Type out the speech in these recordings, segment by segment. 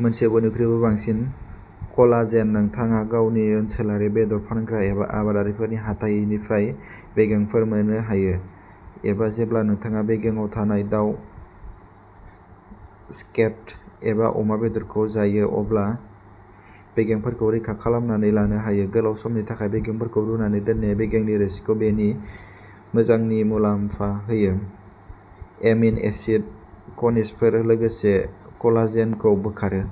मोनसे बयनिख्रुइबो बांसिन कलाजेन। नोंथाङा गावनि ओनसोलारि बेदर फानग्रा एबा आबादारिफोरनि हाथाइनिफ्राय बेगेंफोर मोननो हायो, एबा जेब्ला नोंथाङा बेगेंआव थानाय दाव, स्केट, एबा अमा बेदरखौ जायो, अब्ला बेगेंफोरखौ रैखा खालामनानै लानो हायो। गोलाव समनि थाखाय बेगेंफोरखौ रुनानै दोननाया बेगेंनि रोसिखौ बेनि मोजांनि मुलाम्फा होयो, एमिन' एसिड, खनिजफोर, लोगोसे कलाजेनखौ बोखारो।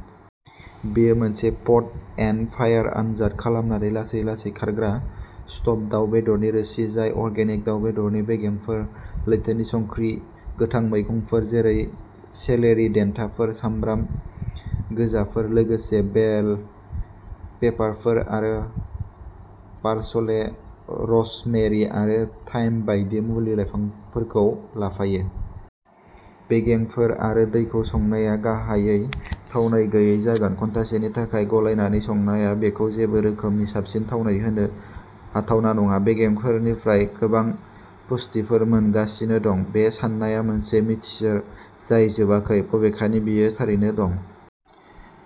बेयो मोनसे पट एन्ड फायार आनजाद खालामनानै लासै-लासै खारग्रा स्ट'भ दाव बेदरनि रोसि जाय अर्गेनिक दाव बेदरनि बेगेंफोर, लैथोनि संख्रि, गोथां मैगंफोर जेरै सेलेरि देन्थाफोर, सामब्राम गोजाफोर, लोगोसे बेल पेपारफोर, आरो पार्सले, र'जमेरि आरो थाइम बायदि मुलि-लाइफांफोरखौ लाफायो। बेगेंफोर आरो दैखौ संनाया गाहायै थावनाय गैयै जागोन। घन्टासेनि थाखाय गलायनानै संनाया बेखौ जेबो रोखोमनि साबसिन थावनाय होनो हाथावना नङा। बेगेंफोरनिफ्राय गोबां पुष्टिफोर मोनगासिनो दं बे साननाया मोनसे मिथिसार जाय जोबाखै, बबेखानि बेयो थारैनो दं।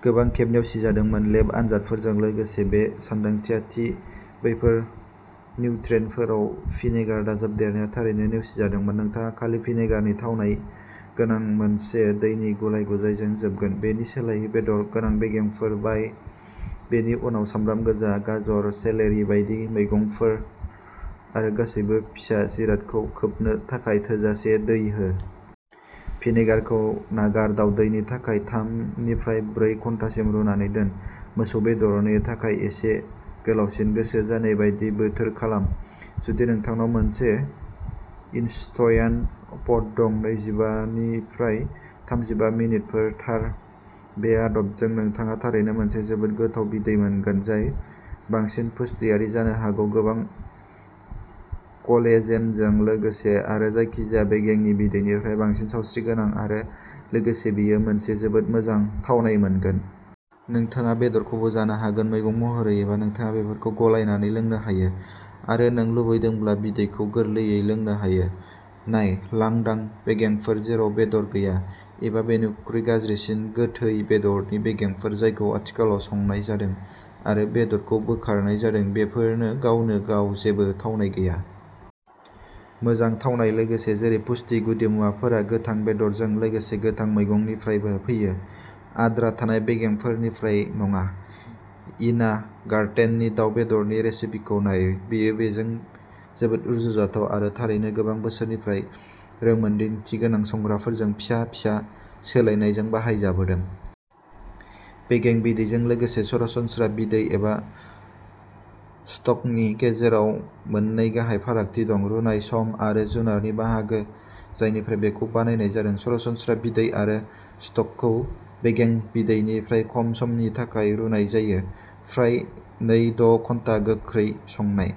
गोबां खेब नेवसिजादोंमोन, लेब आनजादफोरजों लोगोसे। बे सानदांथिया दि बैफोर निउट्रियेन्टफोराव भिनेगार दाजाबदेरनाया थारैनो नेवसिजादोंमोन। नोंथाङा खालि भिनेगारनि थावनाय गोनां मोनसे दैनि गुलाय-गुजायजों जोबगोन। बेनि सोलायै, बेदर गोनां बेगेंफोर बाय। बेनि उनाव सामब्राम गोजा, गाजर, सेलेरि बायदि मैगंफोर आरो गासैबो फिसा जिरादखौ खोबनो थाखाय थोजासे दै हो। भिनेगारखौ नागार दावदैनि थाखाय थाम निफ्राय ब्रै घन्टासिम रुनानै दोन, मोसौ बेदरनि थाखाय एसे गोलावसिन। गोसो जानाय बायदि बोथोर खालाम। जुदि नोंथांनाव मोनसे इनस्ट्यान्ट पट दं, नैजिबा निफ्राय थामजिबा मिनिटफोरा थार। बे आदबजों नोंथाङा थारैनो मोनसे जोबोद गोथाव बिदै मोनगोन जाय बांसिन पुष्टियारि जानो हागौ गोबां कलेजेनजों लोगोसे आरो जायखिजाया बेगेंनि बिदैनिफ्राय बांसिन सावस्रिगोनां, आरो लोगोसे बेयो मोनसे जोबोद मोजां थावनाय मोनगोन। नोंथाङा बेदरखौबो जानो हागोन। मैगं महरै एबा नोंथाङा बेफोरखौ गलायनानै लोंनो हायो आरो नों लुबैदोंब्ला बिदैखौ गोरलैयै लोंनो हायो। नाय, लांदां बेगेंफोर जेराव बेदर गैया, एबा, बेनिख्रुइ गाज्रिसिन, गोथै बेदरनि बेगेंफोर जायखौ आथिखालाव संनाय जादों आरो बेदरखौ बोखारनाय जादों, बेफोरो गावनो गाव जेबो थावनाय गैया। मोजां थावनाय लोगोसे जेरै पुष्टि गुदिमुवाफोरा गोथां बेदरजों लोगोसे गोथां मैगंफोरनिफ्रायबो फैयो, आद्रा थानाय बेगेंफोरनिफ्राय नङा। इना गार्टेननि दाव बेदरनि रेसिपिखौ नाय। बेयो बेजों जोबोद रुजुजाथाव आरो थारैनो गोबां बोसोरफोरनिफ्राय रोंमोनदांथिगोनां संग्राफोरजों फिसा-फिसा सोलायनायजों बाहायजाबोदों। बेगें बिदैजों लोगोसे सरासनस्रा बिदै एबा स्टकनि गेजेराव मोननै गाहाय फारागथि दं रुनाय सम आरो जुनारनि बाहागो जायनिफ्राय बेखौ बानायनाय जादों। सरासनस्रा बिदै आरो स्टकखौ बेगें बिदैनिफ्राय खम समनि थाखाय रुनाय जायो, फ्राय नै द' घन्टा। गोख्रै संनाय।